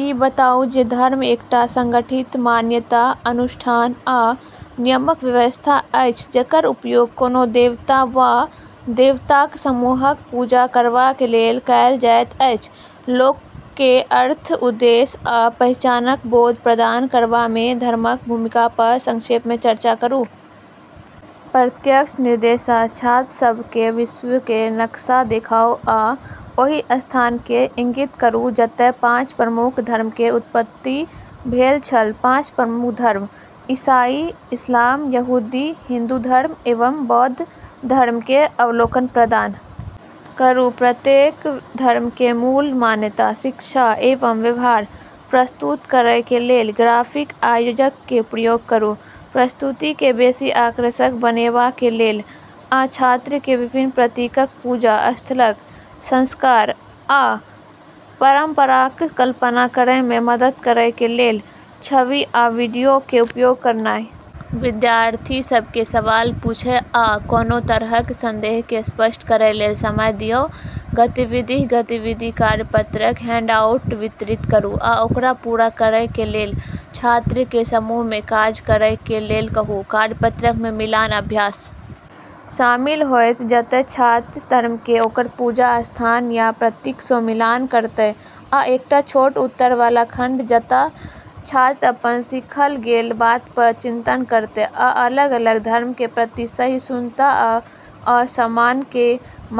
ई बताउ जे धर्म एकटा संगठित मान्यता, अनुष्ठान आ नियमक व्यवस्था अछि जकर उपयोग कोनो देवता वा देवताक समूहक पूजा करबाक लेल कयल जाइत अछि लोककेँ अर्थ, उद्देश्य आ पहिचानक बोध प्रदान करबामे धर्मक भूमिका पर संक्षेपमे चर्चा करू। प्रत्यक्ष निर्देश: छात्र सबके विश्वके नक्शा देखाउ आ ओहि स्थानके इंगित करू जतय पांच प्रमुख धर्मके उत्पत्ति भेल छल पाँच प्रमुख धर्म – ईसाई, इस्लाम, यहूदी, हिन्दू धर्म एवं बौद्ध धर्मके अवलोकन प्रदान करू प्रत्येक धर्मके मूल मान्यता, शिक्षा एवं व्यवहार प्रस्तुत करैके लेल ग्राफिक आयोजकके प्रयोग करू प्रस्तुतिके बेशी आकर्षक बनेबाके लेल आ छात्रके विभिन्न प्रतीकक, पूजा स्थलक, संस्कार आ परंपराक कल्पना करैमे मदद करैके लेल छवि आ वीडियोके उपयोग करनाइ । विद्यार्थी सबके सवाल पूछै आ कोनो तरहक संदेहके स्पष्ट करै लेल समय दियौ। गतिविधि: गतिविधि कार्यपत्रक हैंडआउट वितरित करू आ ओकरा पूरा करैके लेल छात्रके समूहमे काज करैके लेल कहू। कार्यपत्रकमे मिलान अभ्यास शामिल होइत, जतय छात्र धर्मके ओकर पूजा स्थान या प्रतीकसँ मिलान करतै, आ एकटा छोट उत्तर वाला खंड, जतय छात्र अपन सीखल गेल बात पर चिंतन करतै आ अलग-अलग धर्मके प्रति सहिष्णुता आ सम्मानके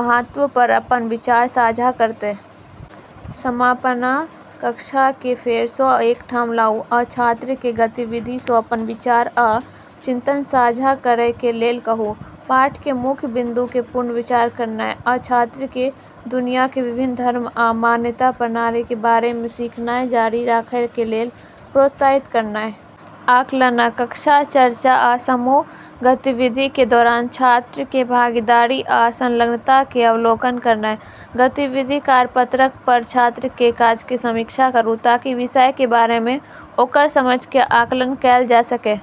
महत्व पर अपन विचार साझा करतै । समापन: कक्षाके फेरसँ एक ठाम लाऊ आ छात्रके गतिविधिसँ अपन विचार आ चिंतन साझा करैके लेल कहू। पाठके मुख्य बिन्दुके पुनर्विचार करनाइ आ छात्रके दुनियाके विभिन्न धर्म आ मान्यता प्रणालीके बारेमे सीखनाय जारी राखैके लेल प्रोत्साहित करनाइ । आकलन: कक्षा चर्चा आ समूह गतिविधिके दौरान छात्रके भागीदारी आ संलग्नताके अवलोकन करनाइ । गतिविधि कार्यपत्रक पर छात्रके काजके समीक्षा करूं ताकि विषयके बारेमे ओकर समझके आकलन कैल जा सकय।